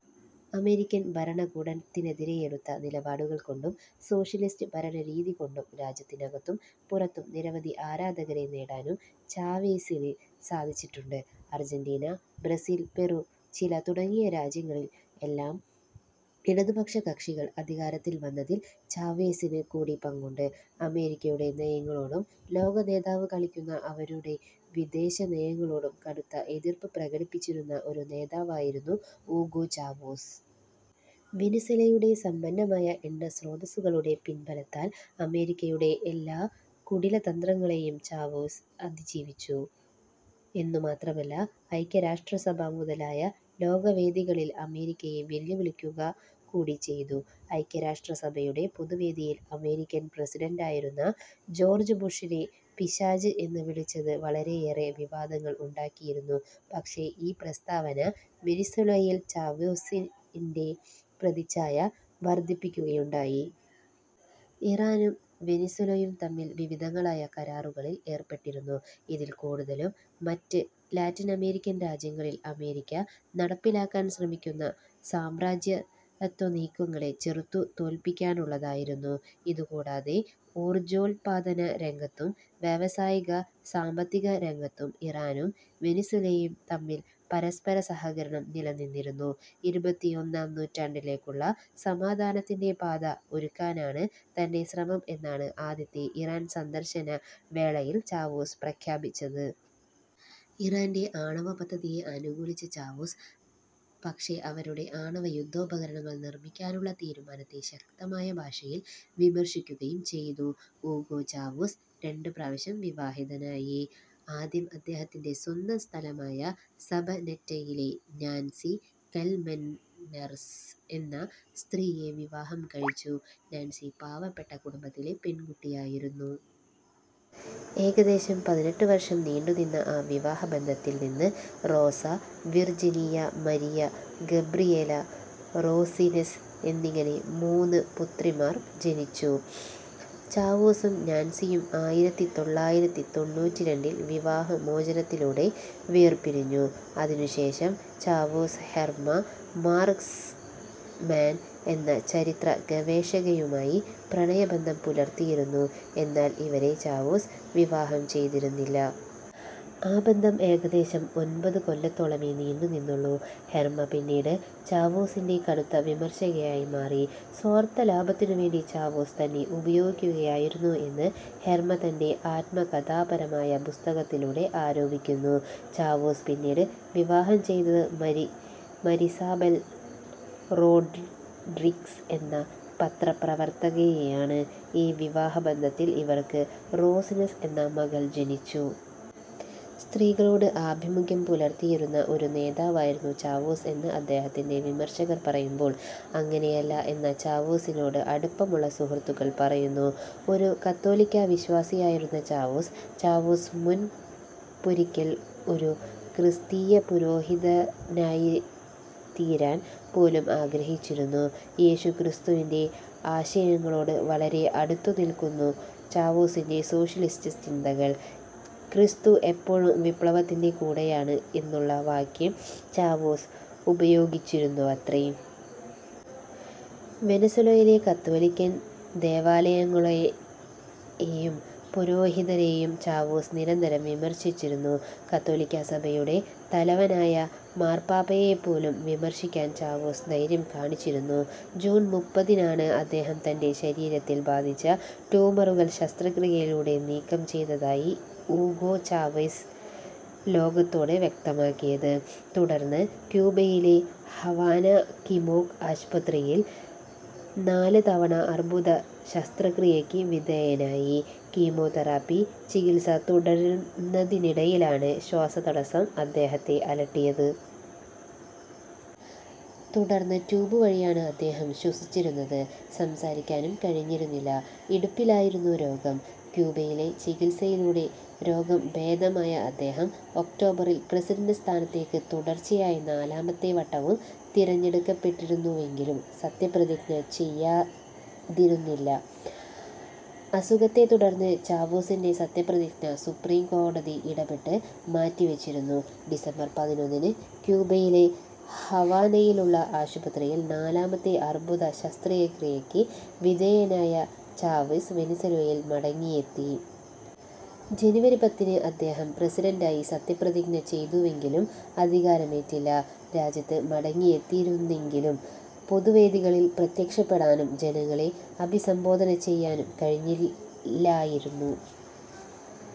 American ഭരണകൂടത്തിനെതിരേയെടുത്ത നിലപാടുകൾ കൊണ്ടും സോഷ്യലിസ്റ്റ് ഭരണരീതി കൊണ്ടും രാജ്യത്തിനകത്തും പുറത്തും നിരവധി ആരാധകരെ നേടാനും ചാവെസിന് സാധിച്ചിട്ടുണ്ട്. അർജന്റീന, ബ്രസീൽ, പെറു, ചിലി തുടങ്ങിയ രാജ്യങ്ങളിൽ എല്ലാം ഇടതുപക്ഷ കക്ഷികൾ അധികാരത്തിൽ വന്നതിൽ ചാവെസിന് കൂടി പങ്കുണ്ട്. അമേരിക്കയുടെ നയങ്ങളോടും, ലോക നേതാവ് കളിക്കുന്ന അവരുടെ വിദേശനയങ്ങളോടും കടുത്ത എതിർപ്പു പ്രകടിപ്പിച്ചിരുന്ന ഒരു നേതാവായിരുന്നു ഊഗോ ചാവേസ്. വെനിസ്വേലയുടെ സമ്പന്നമായ എണ്ണ സ്രോതസ്സുകളുടെ പിൻബലത്താൽ അമേരിക്കയുടെ എല്ലാ കുടിലതന്ത്രങ്ങളെയും ചാവേസ് അതിജീവിച്ചു എന്നുമാത്രമല്ല ഐക്യരാഷ്ട്രസഭ മുതലായ ലോകവേദികളിൽ അമേരിക്കയെ വെല്ലുവിളിക്കുക കൂടി ചെയ്തു. ഐക്യരാഷ്ട്രസഭയുടെ പൊതു വേദിയിൽ അമേരിക്കൻ പ്രസിഡന്റായിരുന്ന ജോർജ്ജ്ബുഷിനെ പിശാച് എന്ന് വിളിച്ചത് വളരെയേറെ വിവാദങ്ങൾ ഉണ്ടാക്കിയിരുന്നു. പക്ഷേ ഈ പ്രസ്താവന വെനിസ്വേലയിൽ ചാവേസിൻ്റെ പ്രതിച്ഛായ വർദ്ധിപ്പിക്കുകയുണ്ടായി. ഇറാനും വെനിസ്വേലയും തമ്മിൽ വിവിധങ്ങളായ കരാറുകളിൽ ഏർപ്പെട്ടിരുന്നു. ഇതിൽ കൂടുതലും മറ്റ് ലാറ്റിനമേരിക്കൻ രാജ്യങ്ങളിൽ അമേരിക്ക നടപ്പിലാക്കാൻ ശ്രമിക്കുന്ന സാമ്രാജ്യത്വ നീക്കങ്ങളെ ചെറുത്തു തോൽപ്പിക്കാനുള്ളതായിരുന്നു. ഇതു കൂടാതെ ഊർജ്ജോത്പാദന രംഗത്തും, വ്യാവസായിക, സാമ്പത്തിക രംഗത്തും ഇറാനും വെനിസ്വേലയും തമ്മിൽ പരസ്പര സഹകരണം നിലനിന്നിരുന്നു. ഇരുപത്തിയൊന്നാം നൂറ്റാണ്ടിലേക്കുള്ള സമാധാനത്തിൻ്റെ പാത ഒരുക്കാനാണ് തൻ്റെ ശ്രമം എന്നാണ് ആദ്യത്തെ ഇറാൻ സന്ദർശന വേളയിൽ ചാവേസ് പ്രഖ്യാപിച്ചത്. ഇറാൻ്റെ ആണവപദ്ധതിയെ അനുകൂലിച്ച ചാവേസ് പക്ഷേ അവരുടെ ആണവയുദ്ധോപകരണങ്ങൾ നിർമ്മിക്കാനുള്ള തീരുമാനത്തെ ശക്തമായ ഭാഷയിൽ വിമർശിക്കുകയും ചെയ്തു. ഊഗോ ചാവെസ് രണ്ട് പ്രാവശ്യം വിവാഹിതനായി. ആദ്യം അദ്ദേഹത്തിൻ്റെ സ്വന്തം സ്ഥലമായ സബനെറ്റയിലെ നാൻസി കൊൽമെനർസ് എന്ന സ്ത്രീയെ വിവാഹം കഴിച്ചു. നാൻസി പാവപ്പെട്ട കുടുംബത്തിലെ പെൺകുട്ടിയായിരുന്നു. ഏകദേശം പതിനെട്ട് വർഷം നീണ്ടുനിന്ന ആ വിവാഹബന്ധത്തിൽ നിന്ന് Rosa Virginia, Maria Gabriela, Rosines എന്നിങ്ങനെ മൂന്ന് പുത്രിമാർ ജനിച്ചു. ചാവേസും നാൻസിയും ആയിരത്തി തൊള്ളായിരത്തി തൊണ്ണൂറ്റിരണ്ടിൽ വിവാഹമോചനത്തിലൂടെ വേർപിരിഞ്ഞു. അതിനുശേഷം ചാവെസ് ഹെർമ മാർക്സ്മാൻ എന്ന ചരിത്ര ഗവേഷകയുമായി പ്രണയബന്ധം പുലർത്തിയിരുന്നു, എന്നാൽ ഇവരെ ചാവേസ് വിവാഹം ചെയ്തിരുന്നില്ല. ആ ബന്ധം ഏകദേശം ഒൻപത് കൊല്ലത്തോളമേ നീണ്ടു നിന്നുള്ളു. ഹെർമ പിന്നീട് ചാവേസിൻ്റെ കടുത്ത വിമർശകയായി മാറി, സ്വാർത്ഥലാഭത്തിനുവേണ്ടി ചാവേസ് തന്നെ ഉപയോഗിക്കുകയായിരുന്നു എന്ന് ഹെർമ തൻ്റെ ആത്മകഥാപരമായ പുസ്തകത്തിലൂടെ ആരോപിക്കുന്നു. ചാവേസ് പിന്നീട് വിവാഹം ചെയ്തത് മരിസാബെൽ റോഡ്രിഗ്സ് എന്ന പത്രപ്രവർത്തകയെയാണ്. ഈ വിവാഹബന്ധത്തിൽ ഇവർക്ക് റോസിനസ് എന്ന മകൾ ജനിച്ചു. സ്ത്രീകളോട് ആഭിമുഖ്യം പുലർത്തിയിരുന്ന ഒരു നേതാവായിരുന്നു ചാവേസ് എന്ന് അദ്ദേഹത്തിൻ്റെ വിമർശകർ പറയുമ്പോൾ, അങ്ങനെയല്ല എന്ന ചാവേസിനോട് അടുപ്പമുള്ള സുഹൃത്തുക്കൾ പറയുന്നു. ഒരു കത്തോലിക്കാ വിശ്വാസിയായിരുന്നു ചാവേസ്. ചാവേസ് മുൻപൊരിക്കൽ ഒരു ക്രിസ്തീയപുരോഹിതനായിത്തീരാൻ പോലും ആഗ്രഹിച്ചിരുന്നു. യേശു ക്രിസ്തുവിൻ്റെ ആശയങ്ങളോട് വളരെ അടുത്തുനിൽക്കുന്നു ചാവേസിൻ്റെ സോഷ്യലിസ്റ്റ് ചിന്തകൾ, ക്രിസ്തു എപ്പോഴും വിപ്ലവത്തിൻ്റെ കൂടെയാണ് എന്നുള്ള വാക്യം ചാവേസ് ഉപയോഗിച്ചിരുന്നുവത്രെ. വെനസ്വേലയിലെ കാത്തോലിക്കൻ ദേവാലയങ്ങളേയും പുരോഹിതരേയും ചാവേസ് നിരന്തരം വിമർശിച്ചിരുന്നു. കത്തോലിക്കാ സഭയുടെ തലവനായ മാർപാപ്പയേപ്പോലും വിമർശിക്കാൻ ചാവേസ് ധൈര്യം കാണിച്ചിരുന്നു. ജൂൺ മുപ്പതിനാണ് അദ്ദേഹം തൻ്റെ ശരീരത്തിൽ ബാധിച്ച ട്യൂമറുകൾ ശസ്ത്രക്രിയയിലൂടെ നീക്കം ചെയ്തതായി ഊഗോ ചാവെസ് ലോകത്തോട് വ്യക്തമാക്കിയത്. തുടർന്ന് ക്യൂബയിലെ ഹവാന കിമേക് ആശുപത്രിയിൽ നാല് തവണ അർബുദ ശസ്ത്രക്രിയയ്ക്ക് വിധേയനായി, കീമോതെറാപ്പി ചികിത്സ തുടരുന്നതിനിടയിലാണ് ശ്വാസതടസ്സം അദ്ദേഹത്തെ അലട്ടിയത്. തുടർന്ന് ട്യൂബ് വഴിയാണ് അദ്ദേഹം ശ്വസിച്ചിരുന്നത്. സംസാരിക്കാനും കഴിഞ്ഞിരുന്നില്ല. ഇടുപ്പിലായിരുന്നു രോഗം. ക്യൂബയിലെ ചികിത്സയിലൂടെ രോഗം ഭേദമായ അദ്ദേഹം ഒക്ടോബറിൽ പ്രസിഡൻ്റ് സ്ഥാനത്തേക്ക് തുടർച്ചയായ നാലാമത്തെ വട്ടവും തിരഞ്ഞെടുക്കപ്പെട്ടിരുന്നുവെങ്കിലും സത്യപ്രതിജ്ഞ ചെയ്തിരുന്നില്ല. അസുഖത്തെ തുടർന്ന് ചാവെസിൻ്റെ സത്യപ്രതിജ്ഞ സുപ്രീം കോടതി ഇടപെട്ട് മാറ്റിവെപ്പിച്ചിരുന്നു. ഡിസംബർ പതിനൊന്നിന് ക്യൂബയിലെ ഹവാനയിലുള്ള ആശുപത്രിയിൽ നാലാമത്തെ അർബുദ ശസ്ത്രക്രിയക്ക് വിധേയനായ ചാവെസ് വെനസ്വേലയിൽ മടങ്ങിയെത്തി. ജനുവരി പത്തിന് അദ്ദേഹം പ്രസിഡന്റായി സത്യപ്രതിജ്ഞ ചെയ്തുവെങ്കിലും അധികാരമേറ്റില്ല. രാജ്യത്ത് മടങ്ങിയെത്തിയിരുന്നെങ്കിലും പൊതുവേദികളിൽ പ്രത്യക്ഷപ്പെടാനും, ജനങ്ങളെ അഭിസംബോധനചെയ്യാനും കഴിഞ്ഞില്ലായിരുന്നു.